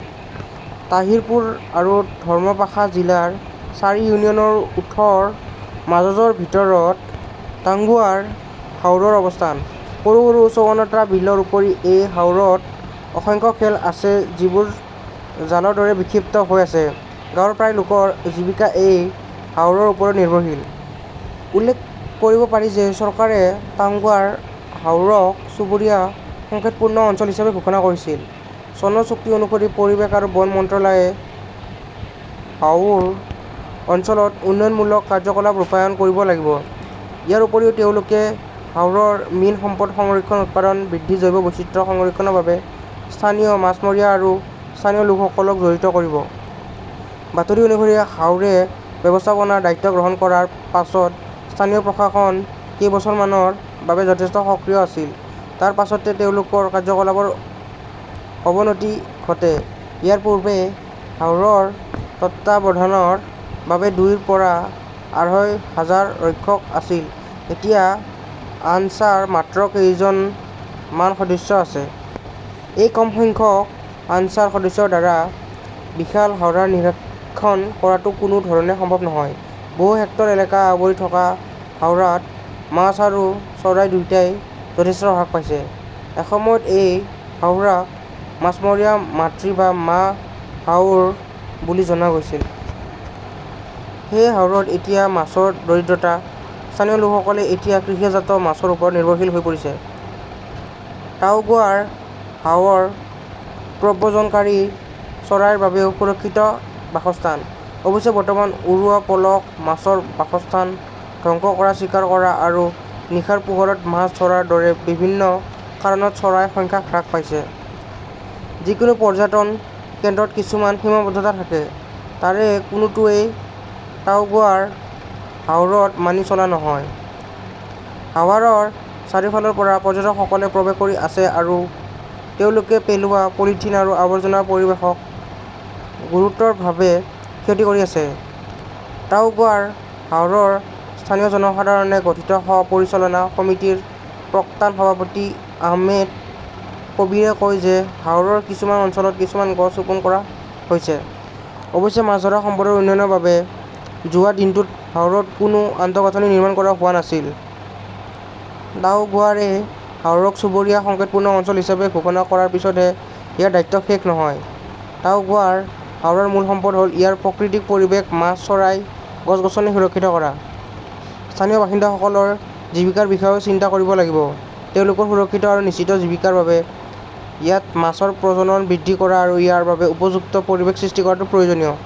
তাহিৰপুৰ আৰু ধৰ্মপাশা জিলাৰ চাৰি ইউনিয়নৰ ওঠৰ মজাজৰ ভিতৰত টাঙ্গুৱাৰ হাওৰৰ অৱস্থান। সৰু সৰু চৌৱান্নটা বিলৰ উপৰি এই হাওৰত অসংখ্য খাল আছে যিবোৰ জালৰ দৰে বিক্ষিপ্ত হৈ আছে। গাঁৱৰ প্ৰায় লোকৰ জীৱিকা এই হাওৰৰ ওপৰত নিৰ্ভৰশীল। উল্লেখ কৰিব পাৰি যে চৰকাৰে টাংগুৱাৰ হাওৰক চুবুৰীয়া সংকটপূৰ্ণ অঞ্চল হিচাপে ঘোষণা কৰিছিল। চনৰ চুক্তি অনুসৰি পৰিৱেশ আৰু বন মন্ত্ৰালয়ে হাওৰ অঞ্চলত উন্নয়নমূলক কাৰ্যকলাপ ৰূপায়ণ কৰিব লাগিব। ইয়াৰ উপৰি তেওঁলোকে হাওৰৰ মীন সম্পদ সংৰক্ষণ উৎপাদন বৃদ্ধি জৈৱ বৈচিত্ৰ্য সংৰক্ষণৰ বাবে স্থানীয় মাছমৰীয়া আৰু স্থানীয় লোকসকলক জড়িত কৰিব। বাতৰি অনুসৰি হাওৰে ব্যৱস্থাপনাৰ দায়িত্ব গ্ৰহণ কৰাৰ পাছত স্থানীয় প্ৰশাসন কেইবছৰমানৰ বাবে যথেষ্ট সক্ৰিয় আছিল। তাৰ পাছতে তেওঁলোকৰ কাৰ্যকলাপৰ অৱনতি ঘটে। ইয়াৰ পূৰ্বে হাওৰৰ তত্বাৱধানৰ বাবে দুইৰ পৰা আঢ়ৈ হাজাৰ ৰক্ষক আছিল। এতিয়া আনছাৰ মাত্ৰ কেইজনজন মান সদস্য আছে। এই কম সংখ্যক আনছাৰ সদস্যৰ দ্বাৰা বিশাল হাওৰক নিৰীক্ষণ কৰাটো কোনো ধৰণে সম্ভৱ নহয়। বহু হেক্টৰ এলেকা আৱৰি থকা হাওৰত মাছ আৰু চৰাই দুয়োটাই যথেষ্ট হ্ৰাস পাইছে। এসময়ত এই হাওৰক মাছমৰীয়াৰ মাতৃ বা মা হাওৰ বুলি জনা গৈছিল। সেই হাওৰত এতিয়া মাছৰ দৰিদ্ৰতা। স্থানীয় লোকসকলে এতিয়া কৃষিজাত মাছৰ ওপৰত নিৰ্ভৰশীল হৈ পৰিছে। টাংগুৱাৰ হাওৰ প্ৰব্ৰজনকাৰী চৰাইৰ বাবেও সুৰক্ষিত বাসস্থান। অৱশ্যে বৰ্তমান উৰুৱা পলস মাছৰ বাসস্থান ধ্বংস কৰা চিকাৰ কৰা আৰু নিশাৰ পোহৰত মাছ ধৰাৰ দৰে বিভিন্ন কাৰণত চৰাইৰ সংখ্যা হ্ৰাস পাইছে। যিকোনো পৰ্যটন কেন্দ্ৰত কিছুমান সীমাবদ্ধতা থাকে তাৰে কোনোটোৱেই টাংগুৱাৰ হাওৰত মানি চলা নহয়। হাৱাৰৰ চাৰিওফালৰ পৰা পৰ্যটকসকলে প্ৰৱেশ কৰি আছে আৰু তেওঁলোকে পেলোৱা পলিথিন আৰু আৱৰ্জনা পৰিৱেশক গুৰুতৰভাৱে ক্ষতি কৰি আছে। টাংগুৱাৰ হাওৰৰ স্থানীয় জনসাধাৰণৰে গঠিত সহ পৰিচালনা সমিতিৰ প্ৰাক্তন সভাপতি আহমেদ কবীৰে কয় যে হাওৰৰ কিছুমান অঞ্চলত কিছুমান গছ ৰোপণ কৰা হৈছে। অৱশ্যে মাছ ধৰা সম্পদৰ উন্নয়নৰ বাবে যোৱা দিনটোত হাওৰত কোনো আন্তঃগাঁথনি নিৰ্মাণ কৰা হোৱা নাছিল। টাংগুৱাৰে হাওৰক চুবুৰীয়া সংকটপূৰ্ণ অঞ্চল হিচাপে ঘোষণা কৰাৰ পাছতহে ইয়াৰ দায়িত্ব শেষ নহয়। টাংগুৱাৰ হাওৰৰ মূল সম্পদ হ'ল ইয়াৰ প্ৰাকৃতিক পৰিৱেশ মাছ চৰাই গছ গছনি সুৰক্ষিত কৰা। স্থানীয় বাসিন্দাসকলৰ জীৱিকাৰ বিষয়েও চিন্তা কৰিব লাগিব। তেওঁলোকৰ সুৰক্ষিত আৰু নিশ্চিত জীৱিকাৰ বাবে ইয়াত মাছৰ প্ৰজনন বৃদ্ধি কৰা আৰু ইয়াৰ বাবে উপযুক্ত পৰিৱেশ সৃষ্টি কৰাটো প্ৰয়োজনীয়।